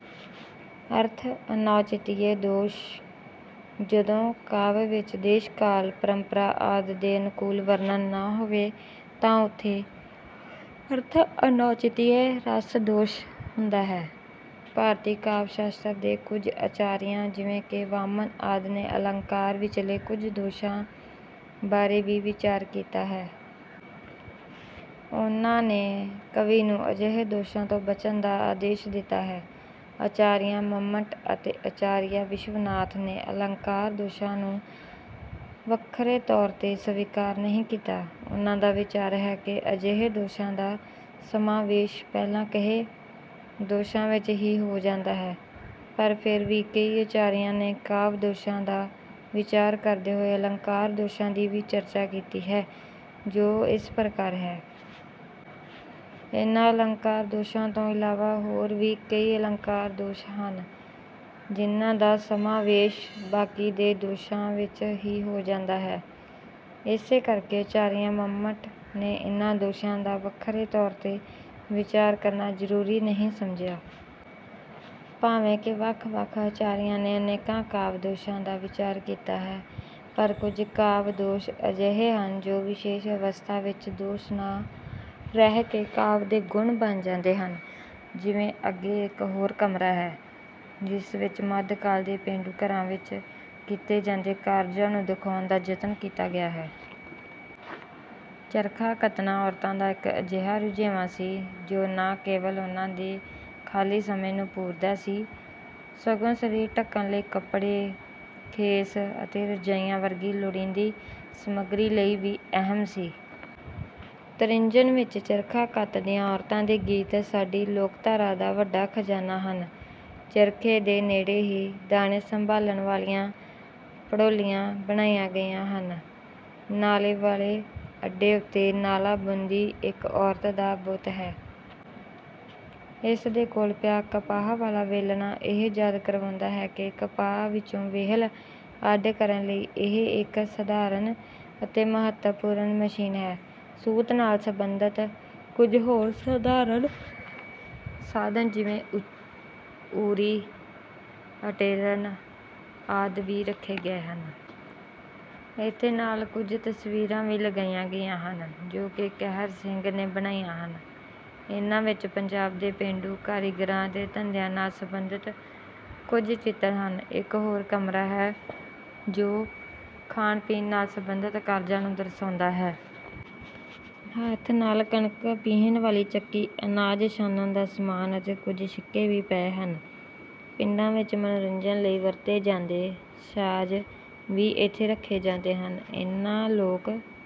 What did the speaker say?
ਅਰਥ-ਅਨੌਚਿਤਯ ਦੋਸ਼- ਜਦੋਂ ਕਾਵਿ ਵਿੱਚ ਦੇਸ਼-ਕਾਲ, ਪਰੰਪਰਾ ਆਦਿ ਦੇ ਅਨੁਕੂਲ ਵਰਣਨ ਨਾ ਹੋਵੇ ਤਾਂ ਉੱਥੇ 'ਅਰਥ-ਅਨੌਚਿਤਯ' ਰਸ ਦੋਸ਼ ਹੁੰਦਾ ਹੈ। ਭਾਰਤੀ ਕਾਵਿ-ਸ਼ਾਸਤਰ ਦੇ ਕੁਝ ਆਚਾਰੀਆਂ ਜਿਵੇਂ ਕਿ ਵਾਮਨ ਆਦਿ ਨੇ ਅਲੰਕਾਰ ਵਿੱਚਲੇ ਕੁਝ ਦੋਸ਼ਾਂ ਬਾਰੇ ਵੀ ਵਿਚਾਰ ਕੀਤਾ ਹੈ। ਉਨ੍ਹਾਂ ਨੇ ਕਵੀ ਨੂੰ ਅਜਿਹੇ ਦੋਸ਼ਾਂ ਤੋਂ ਬਚਣ ਦਾ ਆਦੇਸ਼ ਦਿੱਤਾ ਹੈ। ਆਚਾਰੀਆ ਮੰਮਟ ਅਤੇ ਆਚਾਰੀਆ ਵਿਸ਼ਵਨਾਥ ਨੇ ਅਲੰਕਾਰ ਦੋਸ਼ਾਂ ਨੂੰ ਵੱਖਰੇ ਤੌਰ 'ਤੇ ਸਵੀਕਾਰ ਨਹੀਂ ਕੀਤਾ। ਉਨ੍ਹਾਂ ਦਾ ਵਿਚਾਰ ਹੈ ਕਿ ਅਜਿਹੇ ਦੋਸ਼ਾਂ ਦਾ ਸਮਾਵੇਸ਼ ਪਹਿਲਾਂ ਕਹੇ ਦੋਸ਼ਾਂ ਵਿੱਚ ਹੀ ਹੋ ਜਾਂਦਾ ਹੈ, ਪਰ ਫਿਰ ਵੀ ਕਈ ਆਚਾਰੀਆਂ ਨੇ ਕਾਵਿ ਦੋਸ਼ਾਂ ਦਾ ਵਿਚਾਰ ਕਰਦੇ ਹੋਏ ਅਲੰਕਾਰ ਦੋਸ਼ਾਂ ਦੀ ਵੀ ਚਰਚਾ ਕੀਤੀ ਹੈ, ਜੋ ਇਸ ਪ੍ਰਕਾਰ ਹੈ। ਇਨ੍ਹਾਂ ਅਲੰਕਾਰ ਦੋਸ਼ਾਂ ਤੋਂ ਇਲਾਵਾ ਹੋਰ ਵੀ ਕਈ ਅਲੰਕਾਰ ਦੋਸ਼ ਹਨ ਜਿਨ੍ਹਾਂ ਦਾ ਸਮਾਵੇਸ਼ ਬਾਕੀ ਦੇ ਦੋਸ਼ਾਂ ਵਿੱਚ ਹੀ ਹੋ ਜਾਂਦਾ ਹੈ। ਇਸੇ ਕਰਕੇ ਆਚਾਰੀਆ ਮੰਮਟ ਨੇ ਇਨ੍ਹਾਂ ਦੋਸ਼ਾਂ ਦਾ ਵੱਖਰੇ ਤੌਰ 'ਤੇ ਵਿਚਾਰ ਕਰਨਾ ਜ਼ਰੂਰੀ ਨਹੀਂ ਸਮਝਿਆ। ਭਾਵੇਂ ਕਿ ਵੱਖ-ਵੱਖ ਆਚਾਰੀਆਂ ਨੇ ਅਨੇਕਾਂ ਕਾਵਿ-ਦੋਸ਼ਾਂ ਦਾ ਵਿਚਾਰ ਕੀਤਾ ਹੈ, ਪਰ ਕੁਝ ਕਾਵਿ ਦੋਸ਼ ਅਜਿਹੇ ਹਨ ਜੋ ਵਿਸ਼ੇਸ਼ ਅਵਸਥਾ ਵਿੱਚ ਦੋਸ਼ ਨਾ ਰਹਿ ਕੇ ਕਾਵਿ ਦੇ ਗੁਣ ਬਣ ਜਾਂਦੇ ਹਨ। ਜਿਵੇਂ, ਅੱਗੇ ਇੱਕ ਹੋਰ ਕਮਰਾ ਹੈ, ਜਿਸ ਵਿੱਚ ਮੱਧਕਾਲ ਦੇ ਪੇਂਡੂ ਘਰਾਂ ਵਿੱਚ ਕੀਤੇ ਜਾਂਦੇ ਕਾਰਜਾਂ ਨੂੰ ਦਿਖਾਉਣ ਦਾ ਯਤਨ ਕੀਤਾ ਗਿਆ ਹੈ। ਚਰਖਾ ਕੱਤਣਾ ਔਰਤਾਂ ਦਾ ਇੱਕ ਅਜਿਹਾ ਰੁਝੇਵਾਂ ਸੀ, ਜੋ ਨਾ ਕੇਵਲ ਉਨ੍ਹਾਂ ਦੇ ਖਾਲੀ ਸਮੇਂ ਨੂੰ ਪੂਰਦਾ ਸੀ, ਸਗੋਂ ਸਰੀਰ ਢੱਕਣ ਲਈ ਕੱਪੜੇ, ਖੇਸ ਅਤੇ ਰਜਾਈਆਂ ਵਰਗੀ ਲੋੜੀਂਦੀ ਸਮੱਗਰੀ ਲਈ ਵੀ ਅਹਿਮ ਸੀ। ਤ੍ਰਿੰਝਣ ਵਿੱਚ ਚਰਖਾ ਕੱਤਦੀਆਂ ਔਰਤਾਂ ਦੇ ਗੀਤ ਸਾਡੀ ਲੋਕਧਾਰਾ ਦਾ ਵੱਡਾ ਖਜ਼ਾਨਾ ਹਨ। ਚਰਖੇ ਦੇ ਨੇੜੇ ਹੀ ਦਾਣੇ ਸੰਭਾਲਣ ਵਾਲੀਆਂ ਭੜੋਲੀਆਂ ਬਣਾਈਆਂ ਗਈਆਂ ਹਨ। ਨਾਲੇ ਵਾਲੇ ਅੱਡੇ ਉੱਤੇ ਨਾਲਾ ਬੁਣਦੀ ਇੱਕ ਔਰਤ ਦਾ ਬੁੱਤ ਹੈ। ਇਸ ਦੇ ਕੋਲ ਪਿਆ ਕਪਾਹ ਵਾਲਾ ਵੇਲਣਾ ਇਹ ਯਾਦ ਕਰਵਾਉਂਦਾ ਹੈ ਕਿ ਕਪਾਹ ਵਿੱਚੋਂ ਵੇਹਲ ਅੱਡ ਕਰਨ ਲਈ ਇਹ ਇੱਕ ਸਧਾਰਨ ਅਤੇ ਮਹੱਤਵਪੂਰਨ ਮਸ਼ੀਨ ਹੈ। ਸੂਤ ਨਾਲ ਸਬੰਧਤ ਕੁਝ ਹੋਰ ਸਧਾਰਨ ਸਾਧਨ ਜਿਵੇਂ ਊਰੀ, ਅਟੇਰਨ ਆਦਿ ਵੀ ਰੱਖੇ ਗਏ ਹਨ। ਇੱਥੇ ਨਾਲ ਕੁਝ ਤਸਵੀਰਾਂ ਵੀ ਲਗਾਈਆਂ ਗਈਆਂ ਹਨ, ਜੋ ਕਿ ਕਿਹਰ ਸਿੰਘ ਨੇ ਬਣਾਈਆਂ ਹਨ। ਇਨ੍ਹਾਂ ਵਿੱਚ ਪੰਜਾਬ ਦੇ ਪੇਂਡੂ ਕਾਰੀਗਰਾਂ ਅਤੇ ਧੰਦਿਆਂ ਨਾਲ ਸਬੰਧਤ ਕੁਝ ਚਿੱਤਰ ਹਨ। ਇੱਕ ਹੋਰ ਕਮਰਾ ਹੈ, ਜੋ ਖਾਣ-ਪੀਣ ਨਾਲ ਸਬੰਧਤ ਕਾਰਜਾਂ ਨੂੰ ਦਰਸਾਉਂਦਾ ਹੈ। ਹੱਥ ਨਾਲ ਕਣਕ ਪੀਹਣ ਵਾਲੀ ਚੱਕੀ, ਅਨਾਜ ਛਾਣਨ ਦਾ ਸਮਾਨ ਅਤੇ ਕੁਝ ਛਿੱਕੇ ਵੀ ਪਏ ਹਨ। ਪਿੰਡਾਂ ਵਿੱਚ ਮਨੋਰੰਜਨ ਲਈ ਵਰਤੇ ਜਾਂਦੇ ਸਾਜ਼ ਵੀ ਇੱਥੇ ਰੱਖੇ ਜਾਂਦੇ ਹਨ। ਇਨ੍ਹਾਂ ਲੋਕ